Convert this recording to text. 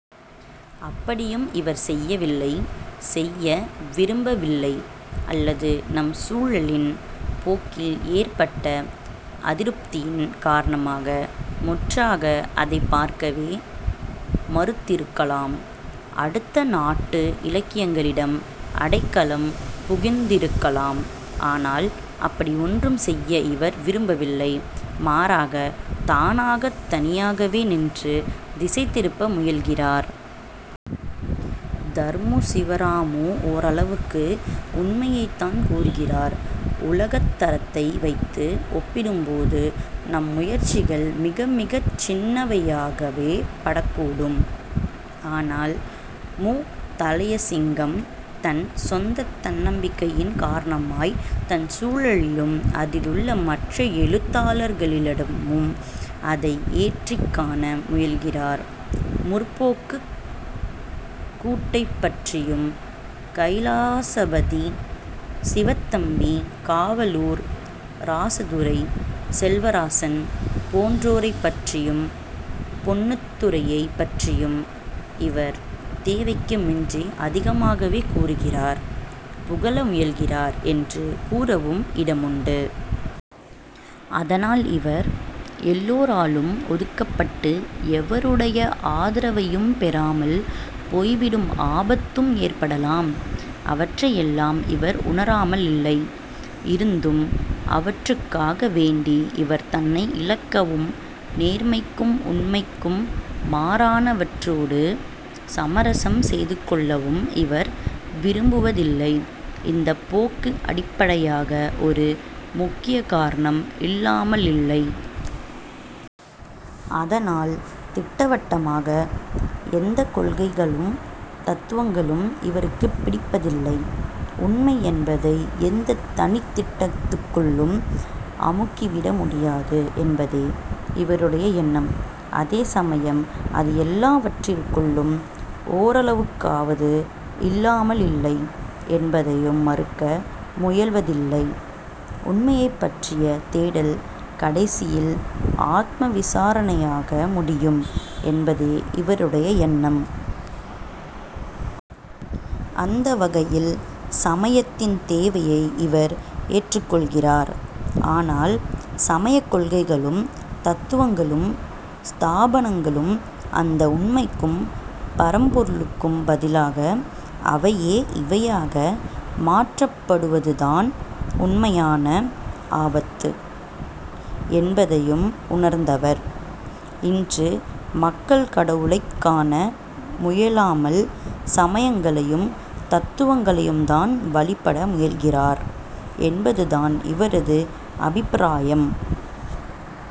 அப்படியும் இவர் செய்யவில்லை, செய்ய விரும்பவில்லை. அல்லது நம் சூழலின் போக்கில் ஏற்பட்ட அதிருப்தியின் காரணமாக முற்றாக அதைப் பார்க்கவே மறுத்திருக்கலாம். அடுத்த நாட்டு இலக்கியங்களிடம் அடைக்கலம் புகுந்திருக்கலாம். ஆனால் அப்படி ஒன்றும் செய்ய இவர் விரும்பவில்லை. மாறாக, தானாகத் தனியாகவே நின்று திசை திருப்ப முயல்கிறார். தர்மு சிவராமு ஓரளவுக்கு உண்மையைத்தான் கூறுகிறார். உலகத் தரத்தை வைத்து ஒப்பிடும்போது நம் முயற்சிகள் மிக மிகச் சின்னவையாகவே படக்கூடும். ஆனால் மு. தளையசிங்கம் தன் சொந்தத் தன்னம்பிக்கையின் காரணமாய் தன் சூழலிலும் அதிலுள்ள மற்ற எழுத்தாளர்களிடமும் அதை ஏற்றிக்காண முயல்கிறார். 'முற்போக்கு'க் கூட்டைப்பற்றியும் கைலாசபதி, சிவத்தம்பி, காவலூர் ராசதுரை, செல்வராசன் போன்றோரைப்பற்றியும் பொன்னுத்துரையைப் பற்றியும் இவர் தேவைக்கு மிஞ்சி அதிகமாகவே கூறுகிறார், புகழ முயல்கிறார் என்று கூறவும் இடமுண்டு. அதனால் இவர் எல்லோராலும் ஒதுக்கப்பட்டு எவருடைய ஆதரவையும் பெறாமல் போய்விடும் ஆபத்தும் ஏற்படலாம். அவற்றை எல்லாம் இவர் உணராமலில்லை. இருந்தும் அவற்றுக்காக வேண்டி இவர் தன்னை இழக்கவும், நேர்மைக்கும் உண்மைக்கும் மாறானவற்றோடு சமரசம் செய்துகொள்ளவும் இவர் விரும்புவதில்லை. இந்தப் போக்குக்கு அடிப்படையாக ஒரு முக்கிய காரணம் இல்லாமலில்லை. அதனால் திட்டவட்டமாக எந்தக் கொள்கைகளும் தத்துவங்களும் இவருக்குப் பிடிப்பதில்லை. உண்மை என்பதை எந்தத் தனித் திட்டத்துக்குள்ளும் அமுக்கிவிட முடியாது என்பதே இவருடைய எண்ணம். அதே சமயம் அது எல்லாவற்றிற்குள்ளும் ஓரளவுக்காவது இல்லாமலில்லை என்பதையும் மறுக்க முயல்வதில்லை. உண்மையைப்பற்றிய தேடல் கடைசியில் ஆத்ம விசாரணையாக முடியும் என்பதே இவருடைய எண்ணம். அந்த வகையில் சமயத்தின் தேவையை இவர் ஏற்றுக்கொள்கிறார். ஆனால் சமயக்கொள்கைகளும் தத்துவங்களும் ஸ்தாபனங்களும் அந்த உண்மைக்கும் பரம்பொருளுக்கும் பதிலாக அவையே இவையாக மாற்றப்படுவதுதான் உண்மையான ஆபத்து என்பதையும் உணர்ந்தவர். இன்று மக்கள் கடவுளைக் காண முயலாமல் சமயங்களையும் தத்துவங்களையும்தான் வழிபட முயல்கிறார் என்பதுதான் இவரது அபிப்பிராயம்.